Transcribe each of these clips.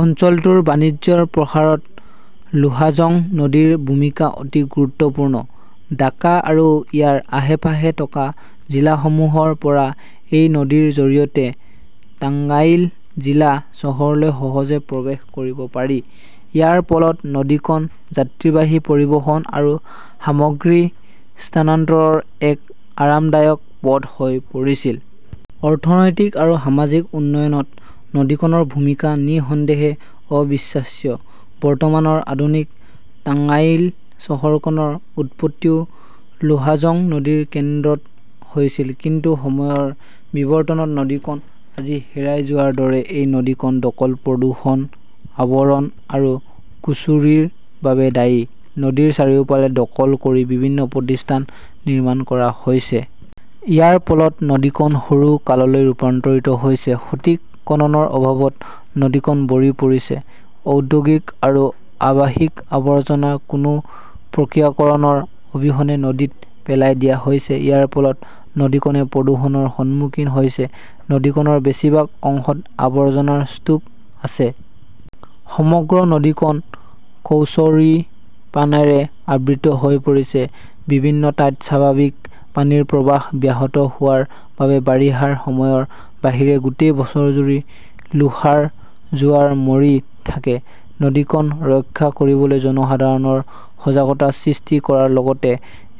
অঞ্চলটোৰ বাণিজ্যৰ প্ৰসাৰত লোহাজং নদীৰ ভূমিকা অতি গুৰুত্বপূৰ্ণ। দাকা আৰু ইয়াৰ আহে-পাহে তকা জিলাসমূহৰ পৰা এই নদীৰ জৰিয়তে টাঙ্গাইল জিলা চহৰলৈ সহজে প্ৰৱেশ কৰিব পাৰি। ইয়াৰ পলত নদীখন যাত্ৰীবাহী পৰিবহণ আৰু সামগ্ৰী স্থানান্তৰৰ এক আৰামদায়ক পদ হৈ পৰিছিল। অৰ্থনৈতিক আৰু সামাজিক উন্নয়নত নদীখনৰ ভূমিকা নিঃসন্দেহে অবিশ্বাস্য। বৰ্তমানৰ আধুনিক টাঙ্গাইল চহৰখনৰ উৎপত্তিও লোহাজং নদীৰ কেন্দ্ৰত হৈছিল। কিন্তু সময়ৰ বিবৰ্তনত নদীকন আজি হেৰাই যোৱাৰ দৰে। এই নদীখন দখল, প্ৰদূষণ, আৱৰণ আৰু কুচুৰিৰ বাবে দায়ী। নদীৰ চাৰিওফাল দকল কৰি বিভিন্ন প্ৰতিষ্ঠান নিৰ্মাণ কৰা হৈছে। ইয়াৰ পলত নদীখন সৰু কাললৈ ৰূপান্তৰিত হৈছে। সঠিক কননৰ অভাৱত নদীখন বৰি পৰিছে। ঔদ্যোগিক আৰু আৱাসিক আৱৰ্জনা কোনো প্ৰক্ৰিয়াকৰণৰ অবিহনে নদীত পেলাই দিয়া হৈছে। ইয়াৰ পলত নদীখনে প্ৰদূষণৰ সন্মুখীন হৈছে। নদীখনৰ বেছিভাগ অংশত আৱৰ্জনাৰ স্তূপ আছে। সমগ্ৰ নদীখন কচৌৰিপানাৰে আবৃত হৈ পৰিছে। বিভিন্ন টাইত স্বাভাৱিক পানীৰ প্ৰৱাহ ব্যাহত হোৱাৰ বাবে বাৰিষাৰ সময়ৰ বাহিৰে গোটেই বছৰজুৰি লোহাৰ জোৱাৰ মৰি থাকে। নদীখন ৰক্ষা কৰিবলৈ জনসাধাৰণৰ সজাগতা সৃষ্টি কৰাৰ লগতে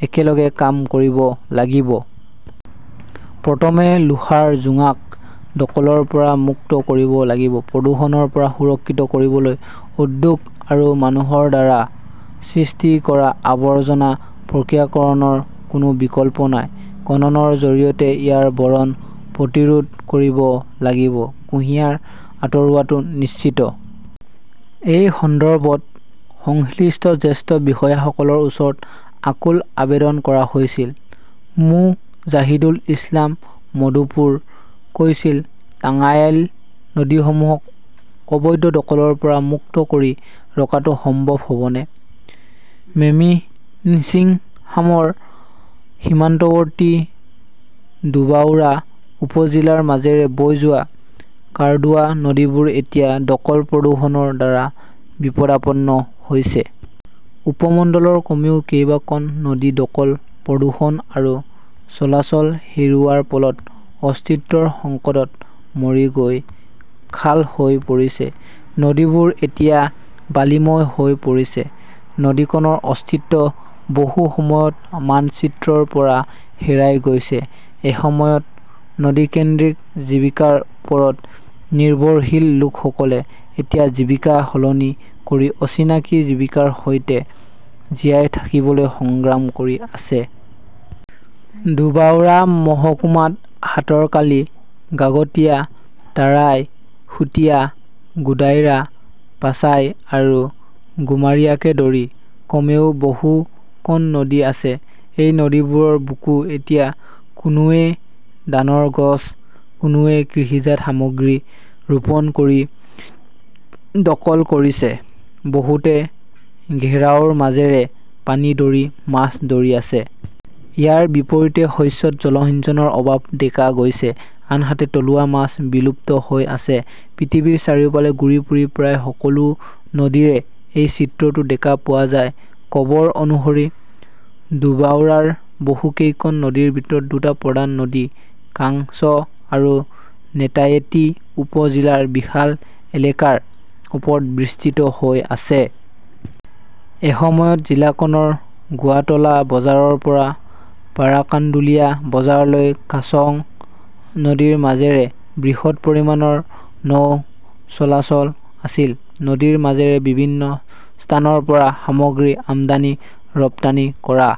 একেলগে কাম কৰিব লাগিব। প্ৰতমে লোহাৰ জোঙক দকলৰ পৰা মুক্ত কৰিব লাগিব। প্ৰদূষণৰ পৰা সুৰক্ষিত কৰিবলৈ উদ্যোগ আৰু মানুহৰ দ্বাৰা সৃষ্টি কৰা আৱৰ্জনা প্ৰক্ৰিয়াকৰণৰ কোনো বিকল্প নাই। কননৰ জৰিয়তে ইয়াৰ ভৰণ প্ৰতিৰোধ কৰিব লাগিব। কুঁহিয়াৰ আঁতৰোৱাটো নিশ্চিত। এই সন্দৰ্ভত সংশ্লিষ্ট জ্যেষ্ঠ বিষয়াসকলৰ ওচৰত আকুল আবেদন কৰা হৈছিল। মো. জাহিদুল ইছলাম মদুপুৰ কৈছিল টাঙ্গাইল নদীসমূহক অবৈধ দকলৰ পৰা মুক্ত কৰি ৰখাটো সম্ভৱ হবনে? মেমিন্সিংহামৰ সীমান্তৱৰ্তী ধোবাউৰা উপ-জিলাৰ মাজেৰে বৈ যোৱা খাৰ্দুৱা নদীবোৰ এতিয়া দখল-প্ৰদূষণৰ দ্বাৰা বিপদাপন্ন হৈছে। উপমণ্ডলৰ কমেও কেইবা কন নদী দকল, প্ৰদূষণ আৰু চলাচল হেৰুওৱাৰ পলত অস্তিত্বৰ সংকটত মৰি গৈ খাল হৈ পৰিছে। নদীবোৰ এতিয়া বালিময় হৈ পৰিছে। নদীখনৰ অস্তিত্ব বহু সময়ত মানচিত্ৰৰ পৰা হেৰাই গৈছে। এসময়ত নদী-কেন্দ্ৰিক জীৱিকাৰ ওপৰত নিৰ্ভৰশীল লোকসকলে এতিয়া জীৱিকা সলনি কৰি অচিনাকি জীৱিকাৰ সৈতে জীয়াই থাকিবলৈ সংগ্ৰাম কৰি আছে। ধোবাউৰা মহকুমাত সাতৰখালী, গাগটিয়া, তাৰাই, সুতিয়া, গুদাইৰা, পাচাই আৰু গুমাৰিয়াকে ধৰি কমেও বহু কন নদী আছে। এই নদীবোৰৰ বুকু এতিয়া কোনোৱে দানৰ গছ, কোনোৱে কৃষিজাত সামগ্ৰী ৰোপণ কৰি দকল কৰিছে। বহুতে ঘেৰাওৰ মাজেৰে পানী দৰি মাছ দৰি আছে। ইয়াৰ বিপৰীতে শস্যত জলসিঞ্চনৰ অভাৱ দেখা গৈছে, আনহাতে তলুৱা মাছ বিলুপ্ত হৈ আছে। পৃথিৱীৰ চাৰিওফালে ঘূৰি ফুৰি প্ৰায় সকলো নদীৰে এই চিত্ৰটো দেকা পোৱা যায়। খবৰ অনুসৰি, ধোবাউৰাৰ বহু কেইখন নদীৰ ভিতৰত দুটা প্ৰধান নদী কাংছ আৰু নেতায়েতি উপ জিলাৰ বিশাল এলেকাৰ ওপৰত বিস্তৃত হৈ আছে। এসময়ত জিলাকনৰ গোৱাটলা বজাৰৰ পৰা পোৰাকাণ্ডুলিয়া বজাৰলৈ কাংছ নদীৰ মাজেৰে বৃহৎ পৰিমাণৰ নৌ চলাচল আছিল। নদীৰ মাজেৰে বিভিন্ন স্থানৰ পৰা সামগ্ৰী আমদানি-ৰপ্তানি কৰা